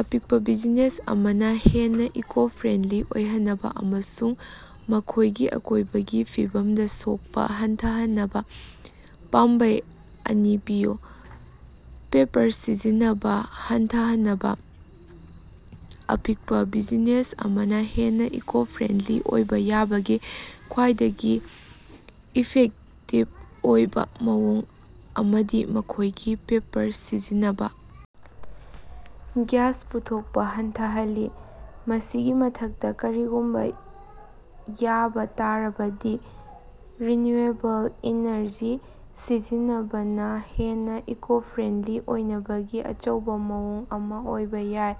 ꯑꯄꯤꯛꯄ ꯕꯤꯖꯤꯅꯦꯁ ꯑꯃꯅ ꯍꯦꯟꯅ ꯏꯀꯣ-ꯐ꯭ꯔꯦꯟꯗꯂꯤ ꯑꯣꯏꯍꯟꯅꯕ ꯑꯃꯁꯨꯡ ꯃꯈꯣꯏꯒꯤ ꯑꯀꯣꯏꯕꯒꯤ ꯐꯤꯕꯝꯗ ꯁꯣꯛꯄ ꯍꯟꯊꯍꯟꯅꯕ ꯄꯥꯝꯕꯩ ꯑꯅꯤ ꯄꯤꯌꯨ꯫ ꯄꯦꯄꯔ ꯁꯤꯖꯤꯟꯅꯕ ꯍꯟꯊꯍꯅꯕ: ꯑꯄꯤꯛꯄ ꯕꯤꯖꯤꯅꯦꯁ ꯑꯃꯅ ꯍꯦꯟꯅ ꯏꯀꯣ-ꯐ꯭ꯔꯦꯟꯗꯂꯤ ꯑꯣꯏꯕ ꯌꯥꯕꯒꯤ ꯈ꯭ꯋꯥꯏꯗꯒꯤ ꯏꯐꯦꯛꯇꯤꯕ ꯑꯣꯏꯕ ꯃꯑꯣꯡ ꯑꯃꯗꯤ ꯃꯈꯣꯏꯒꯤ ꯄꯦꯄꯔ ꯁꯤꯖꯤꯟꯅꯕ ꯒ꯭ꯌꯥꯁ ꯄꯨꯊꯣꯛꯄꯥ ꯍꯟꯊꯍꯜꯂꯤ꯫ ꯃꯁꯤꯒꯤ ꯃꯊꯛꯇ, ꯀꯔꯤꯒꯨꯝꯕ ꯌꯥꯕ ꯇꯥꯔꯕꯗꯤ ꯔꯤꯅ꯭ꯌꯨꯑꯦꯕꯜ ꯏꯅ꯭ꯔꯖꯤ ꯁꯤꯖꯤꯟꯅꯕꯅ ꯍꯦꯟꯅꯥ ꯏꯀꯣ-ꯐ꯭ꯔꯦꯟꯗꯂꯤ ꯑꯣꯏꯅꯕꯒꯤ ꯑꯆꯧꯕ ꯃꯑꯣꯡ ꯑꯃ ꯑꯣꯏꯕ ꯌꯥꯏ꯫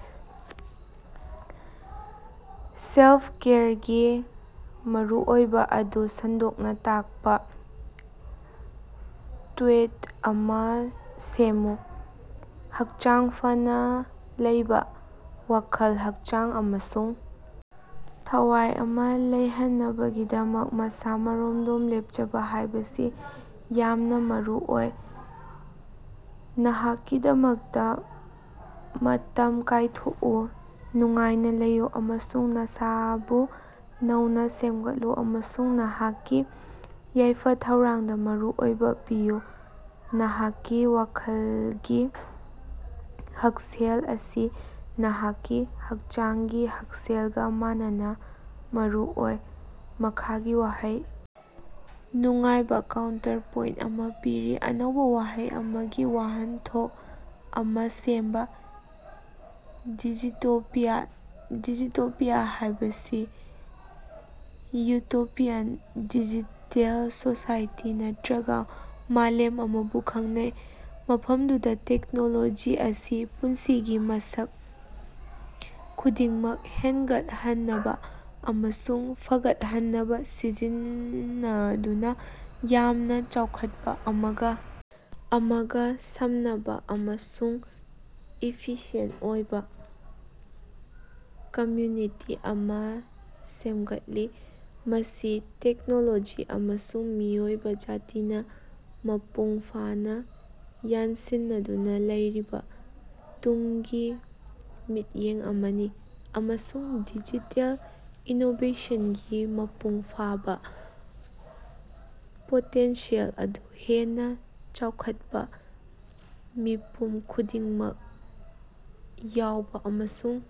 ꯁꯦꯜꯐ-ꯀꯦꯌꯔꯒꯤ ꯃꯔꯨꯑꯣꯏꯕ ꯑꯗꯨ ꯁꯟꯗꯣꯛꯅ ꯇꯥꯛꯄ ꯇ꯭ꯋꯤꯠ ꯑꯃ ꯁꯦꯝꯃꯨ꯫ ꯍꯛꯆꯥꯡ ꯐꯅ ꯂꯩꯕ ꯋꯥꯈꯜ, ꯍꯛꯆꯥꯡ ꯑꯃꯁꯨꯡ ꯊꯋꯥꯏ ꯑꯃ ꯂꯩꯍꯟꯅꯕꯒꯤꯗꯃꯛ ꯃꯁꯥ-ꯃꯔꯣꯝꯗꯣꯝ ꯂꯦꯞꯆꯕ ꯍꯥꯏꯕꯁꯤ ꯌꯥꯝꯅ ꯃꯔꯨꯑꯣꯏ꯫ ꯅꯍꯥꯛꯀꯤꯗꯃꯛꯇ ꯃꯇꯝ ꯀꯥꯏꯊꯣꯛꯎ, ꯅꯨꯡꯉꯥꯏꯅ ꯂꯩꯌꯨ ꯑꯃꯁꯨꯡ ꯅꯁꯥꯕꯨ ꯅꯧꯅ ꯁꯦꯝꯒꯠꯂꯨ ꯑꯃꯁꯨꯡ ꯅꯍꯥꯛꯀꯤ ꯌꯥꯏꯐ-ꯊꯧꯔꯥꯡꯗ ꯃꯔꯨꯑꯣꯏꯕ ꯄꯤꯌꯨ꯫ ꯅꯍꯥꯛꯀꯤ ꯋꯥꯈꯜꯒꯤ ꯍꯛꯁꯦꯜ ꯑꯁꯤ ꯅꯍꯥꯛꯀꯤ ꯍꯛꯆꯥꯡꯒꯤ ꯍꯛꯁꯦꯜꯒ ꯃꯥꯟꯅꯅ ꯃꯔꯨꯑꯣꯏ꯫ ꯃꯈꯥꯒꯤ ꯋꯥꯍꯩ ꯅꯨꯡꯉꯥꯏꯕ ꯀꯥꯎꯟꯇ꯭ꯔꯄꯣꯏꯟꯠ ꯑꯃ ꯄꯤꯔꯤ꯫ ꯑꯅꯧꯕꯥ ꯋꯥꯍꯩ ꯑꯃꯒꯤ ꯋꯥꯍꯟꯊꯣꯛ ꯑꯃꯥ ꯁꯦꯝꯕꯥ: "ꯗꯤꯖꯤꯇꯣꯄꯤꯌꯥ"꯫ ꯗꯤꯖꯤꯇꯣꯄꯤꯌꯥ ꯍꯥꯏꯕꯁꯤ ꯌꯨꯇꯣꯄꯤꯌꯥꯟ ꯗꯤꯖꯤꯇꯦꯜ ꯁꯣꯁꯥꯏꯇꯤ ꯅꯠꯇꯔꯒ ꯃꯥꯂꯦꯝ ꯑꯃꯕꯨ ꯈꯪꯅꯩ, ꯃꯐꯝꯗꯨꯗ ꯇꯦꯛꯅꯣꯂꯣꯖꯤ ꯑꯁꯤ ꯄꯨꯟꯁꯤꯒꯤ ꯃꯁꯛ ꯈꯨꯗꯤꯡꯃꯛ ꯍꯦꯡꯒꯠꯍꯟꯅꯕ ꯑꯃꯁꯨꯡ ꯐꯒꯠꯍꯟꯅꯕ ꯁꯤꯖꯤꯟꯅꯗꯨꯅ ꯌꯥꯝꯅ ꯆꯥꯎꯈꯠꯄ, ꯑꯃꯒ ꯑꯃꯒ ꯁꯝꯅꯕ ꯑꯃꯁꯨꯡ ꯏꯐꯤꯁꯤꯑꯦꯟꯠ ꯑꯣꯏꯕ ꯀꯝꯃ꯭ꯌꯨꯅꯤꯇꯤ ꯑꯃ ꯁꯦꯃꯒꯠꯂꯤ꯫ ꯃꯁꯤ ꯇꯦꯛꯅꯣꯂꯣꯖꯤ ꯑꯃꯁꯨꯡ ꯃꯤꯑꯣꯏꯕ ꯖꯥꯇꯤꯅ ꯃꯄꯨꯡ ꯐꯥꯅ ꯌꯥꯟꯁꯤꯟꯅꯗꯨꯅ ꯂꯩꯔꯤꯕ ꯇꯨꯡꯒꯤ ꯃꯤꯠꯌꯦꯡ ꯑꯃꯅꯤ, ꯑꯃꯁꯨꯡ ꯗꯤꯖꯤꯇꯦꯜ ꯏꯅꯣꯕꯦꯁꯟꯒꯤ ꯃꯄꯨꯡ ꯐꯥꯕ ꯄꯣꯇꯦꯟꯁꯤꯌꯦꯜ ꯑꯗꯨ ꯍꯦꯟꯅ ꯆꯥꯎꯈꯠꯄ, ꯃꯤꯄꯨꯝ ꯈꯨꯗꯤꯡꯃꯛ ꯌꯥꯎꯕ ꯑꯃꯁꯨꯡ